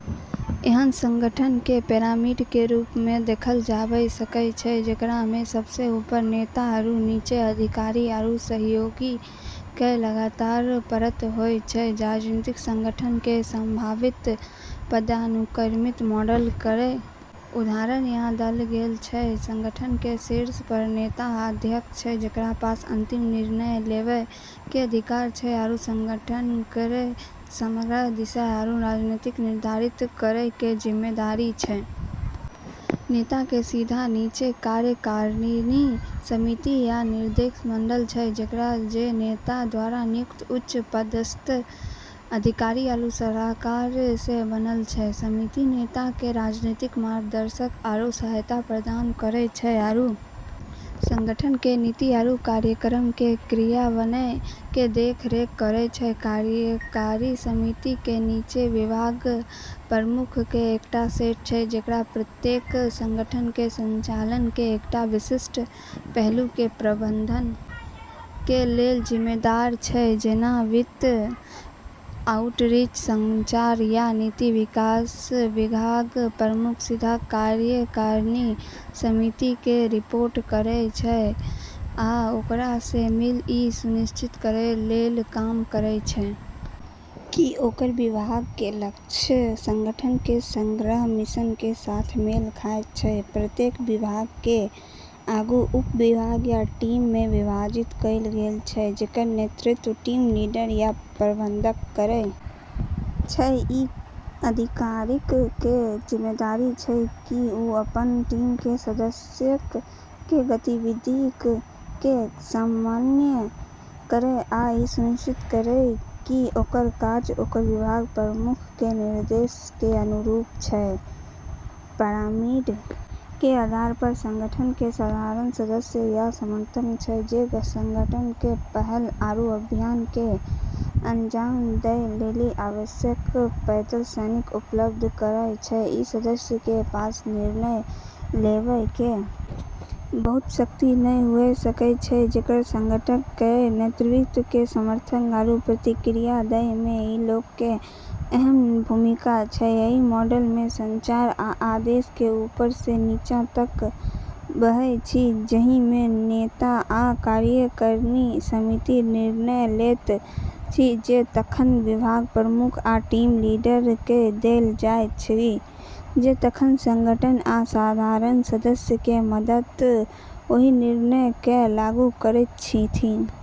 ऐन्हऽ संगठन के पिरामिड के रूप मे देखलऽ जाबे सकै छै जेकरा मे सबसें ऊपर नेता आरू नीचें अधिकारी आरू सहयोगी केरऽ लगातार परत होय छै, राजनीतिक संगठन केरऽ संभावित पदानुक्रमित मॉडल केरऽ उदाहरण यहाँ देलऽ गेलऽ छै, संगठन केरऽ शीर्ष पर नेता या अध्यक्ष छै जेकरा पास अंतिम निर्णय लेबै के अधिकार छै आरू संगठन केरऽ समग्र दिशा आरू रणनीति निर्धारित करै के जिम्मेदारी छै, नेता के सीधा नीचे कार्यकारिणी समिति या निदेशक मंडल छै जे नेता द्वारा नियुक्त उच्च पदस्थ अधिकारी आरू सलाहकारऽ स बनलऽ छै, समिति नेता के रणनीतिक मार्गदर्शन आरू सहायता प्रदान करै छै आरू संगठन केरऽ नीति आरू कार्यक्रमऽ के क्रियान्वयन के देख रेख करै छै, कार्यकारी समिति कें नीचा विभाग प्रमुखक कें एकटा सेट छै जे प्रत्येक संगठन कें संचालन कें एकटा विशिष्ट पहलू कें प्रबंधन कें लेल जिम्मेदार छै जेना वित्त, आउटरीच, संचार या नीति विकास विभाग प्रमुख सीधा कार्यकारिणी समिति कें रिपोर्ट करय छै आ ओकरा सं मिल क इ सुनिश्चित करय कें लेल काम करय छै कि ओकर विभाग कें लक्ष्य संगठन कें समग्र मिशन कें साथ मेल खायत छै, प्रत्येक विभाग कें आगू उपविभाग या टीम मे विभाजित कैल गेल छै जेकर नेतृत्व टीम लीडर या प्रबंधक करय छै, इ अधिकारीक कें जिम्मेदारी छै कि ओ अपन टीम कें सदस्यक कें गतिविधियक कें समन्वय करय आ इ सुनिश्चित करय कि ओकर काज ओकर विभाग प्रमुख कें निर्देशक कें अनुरूप छै, पिरामिड के आधार पर संगठन के साधारण सदस्य या समर्थक छै जे संगठन के पहल आरू अभियान के अंजाम दै लेली आवश्यक पैदल सैनिक उपलब्ध करै छै, ई सदस्यऽ के पास निर्णय लेबै के बहुत शक्ति नै हुए सकै छै, लेकिन संगठन केरऽ नेतृत्व के समर्थन आरू प्रतिक्रिया दै मे ई लोगऽ के अहम भूमिका छै, एहि मॉडल मे संचार आ आदेश ऊपर स नीचा तक बहैत अछि जाहि मे नेता आ कार्यकारिणी समिति निर्णय लैत अछि जे तखन विभाग प्रमुख आ टीम लीडर कए देल जाइत अछि जे तखन संगठन क साधारण सदस्य क मदद स ओहि निर्णय कए लागू करैत छथि।